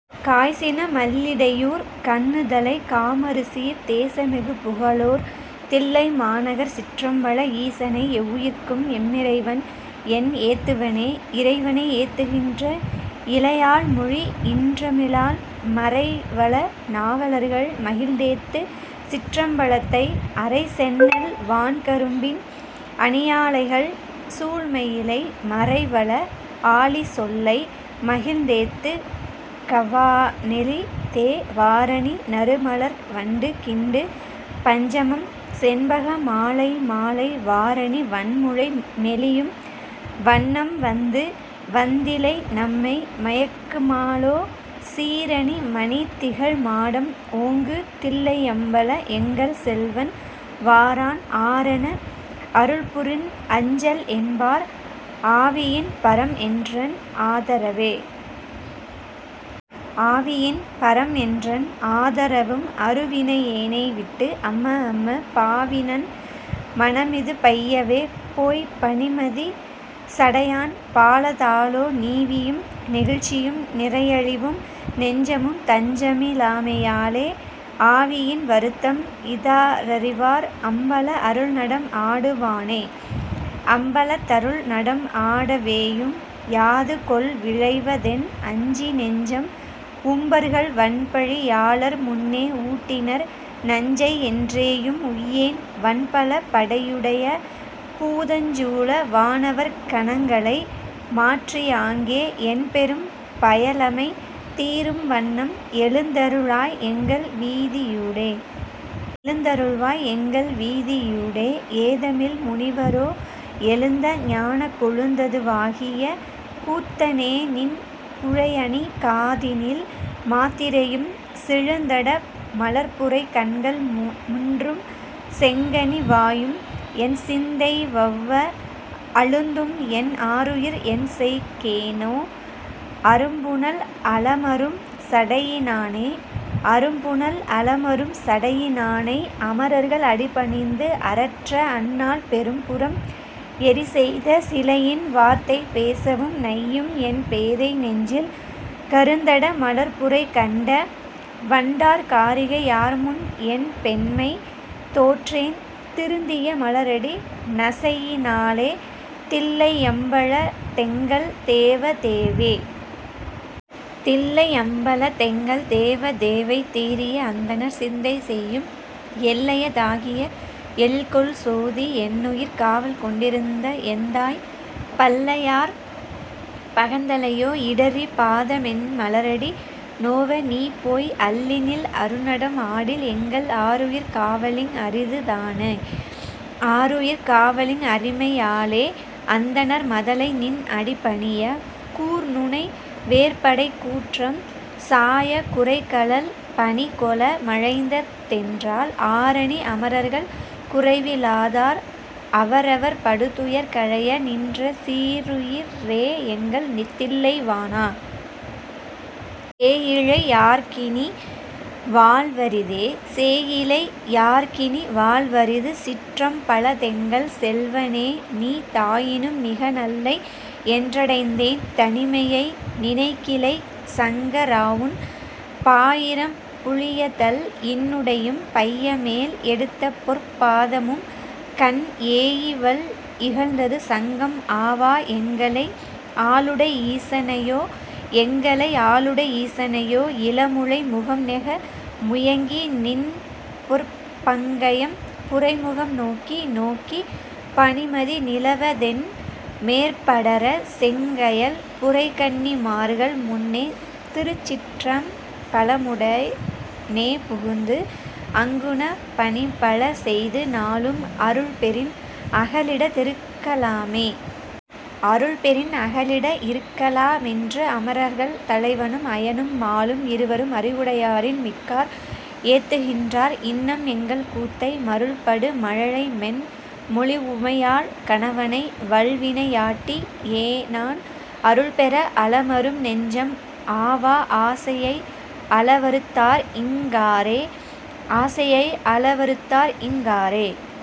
காய்சின மால்லிடையூர் கண்ணுதலைக் காமருசீர்த் தேசமிகு புகழோர் தில்லைமாநகர்ச் சிற்றம்பலத் ஈசனை எவ்வுயிர்க்கும் எம்மிறைவன்என் ஏத்துவனே. இறைவனை ஏத்துகின்ற இளையாள்மொழி இன்றமிழால் மறைவல நாவலர்கள் மகிழ்ந்தேத்து சிற்றம்பலத்தை அறைசெந்நெல் வான்கரும்பின் அணியாலைகள் சூழ்மயிலை மறைவல ஆலிசொல்லை மகிழ்ந்தேத்துக வானெளிதே. வாரணி நறுமலர் வண்டு கிண்டு பஞ்சமம் செண்பக மாலைமாலை வாரணி வன்முலை மெலியும் வண்ணம் வந்து வந்திலைநம்மை மயக்குமாலோ சீரணி மணிதிகழ் மாடம் ஓங்கு தில்லையம்பலத் எங்கள் செல்வன் வாரான் ஆரென அருள்புரிந் அஞ்சல் என்பார் ஆவியின் பரம்என்றன் ஆதரவே. ஆவியின் பரம்என்றன் ஆதரவும் அருவினை யேனைவிட்டு அம்மஅம்ம பாவிவன் மனமிது பையவே போய்ப் பனிமதிச் சடையான் பாலதாலோ நீவியும் நெகிழ்ச்சியும் நிறையழிவும் நெஞ்சமும் தஞ்சமி லாமையாலே ஆவியின் வருத்தம் இதாரறிவார் அம்பலத் அருள்நடம் ஆடுவானே. அம்பலத் தருள்நடம் ஆடவேயும் யாதுகொல் விளைவதென் அஞ்சிநெஞ்சம் உம்பர்கள்வன்பழி யாளர்முன்னே ஊட்டினர் நஞ்சைஎன் றேயும் உய்யேன் வன்பல படையுடைய பூதஞ்சூழ வானவர் கணங்களை மாற்றியாங்கே என்பெரும் பயலமை தீரும்வண்ணம் எழுந்தரு ளாய்எங்கள் வீதியூடே! எழுந்தருளாய் எங்கள் வீதியூடே ஏதமில் முனிவரோ எழுந்தஞானக் கொழுந்தது வாகிய கூத்தனேநின் குழையணி காதினில் மாத்திரையும் செழுந்தட மலர்புரை கண்கள் முன்றும் செங்கனி வாயும்என் சிந்தைவெளவ அழுந்தும்என் ஆருயிர்க் என்செய் கேனோ? அரும்புனல் அலமரும் சடையினானே! அரும்புனல் அலமரும் சடையி னானை அமரர்கள் அடிபணிந்து அரற்ற அந்நாள் பெரும்புரம் எரிசெய்த சிலையின் வார்த்தை பேசவும் நையும் என் பேதை நெஞ்சில் கருந்தட மலர்புரை கண்ட வண்டார் காரிகை யார்முன்என் பெண்மை தோற்றேன் திருந்திய மலரடி நசையி னாலே தில்லையம் பலத்தெங்கள் தேவ தேவே. தில்லையம் பலத்தெங்கள் தேவ தேவைத் தேறிய அந்தணர் சிந்தை செய்யும் எல்லைய தாகிய எழில்கொள் சோதி என்னுயிர் காவல்கொண் டிருந்த எந்தாய் பல்லையார் பகந்தலை யோ இடறிப் பாதமென் மலரடி நோவ நீபோய் அல்லினில் அருநடம் ஆடில் எங்கள் ஆருயிர் காவலிங் அரிது தானே. ஆருயிர் காவலிங் அருமை யாலே அந்தணர் மதலைநின் அடிபணியக் கூர்நுனை வேற்படைக்கூற்றம் சாயக் குரைகழல் பணிகொள மலைந்த தென்றால் ஆரனி அமரர்கள் குறைவி லாதார் அவரவர் படுதுயர் களைய நின்ற சீருயி ரேஎங்கள் தில்லை வாணா! சேயிழை யார்க்கினி வாழ்வரிதே. சேயிழை யார்க்கினி வாழ்வரிது சிற்றம் பலத்தெங்கள் செல்வ னேநீ தாயினும் மிகநல்லை என்றடைந்தேன் தனிமையை நினைகிலை சங்க ராவுன் பாயிரம் புலியதள் இன்னுடையும் பையமேல் எடுத்தபொற் பாத மும்கண் ஏயிவல் இழந்தது சங்கம் ஆவா எங்களை ஆளுடை ஈச னேயோ. எங்களை ஆளுடை ஈசனையோ இளமுலை முகம்நெக முயங்கி நின்பொற் பங்கயம் புரைமுகம் நோக்கி நோக்கிப் பனிமதி நிலவதென் மேற்படரச் செங்கயல் புரைகண்ணி மார்கள் முன்னே திருச்சிற்றம் பலமுட னேபுகுந்து அங்குன பணிபல செய்து நாளும் அருள்பெறின் அகலிடத் திருக்கலாமே.. அருள்பெறின் அகலிடத் இருக்கலா மென்று அமரர்கள் தலைவனும் அயனும் மாலும் இருவரும் அறிவுடையாரின் மிக்கார் ஏத்துகின் றார் இன்னம் எங்கள்கூத்தை மருள்படு மழலைமென் மொழிவுமையாள் கணவனை வல்வினை யாட்டி யேனான் அருள்பெற அலமரும் நெஞ்சம் ஆவா ஆசையை அளவறுத் தார்இங் காரே? ஆசையை அளவறுத் தார்இங் காரே?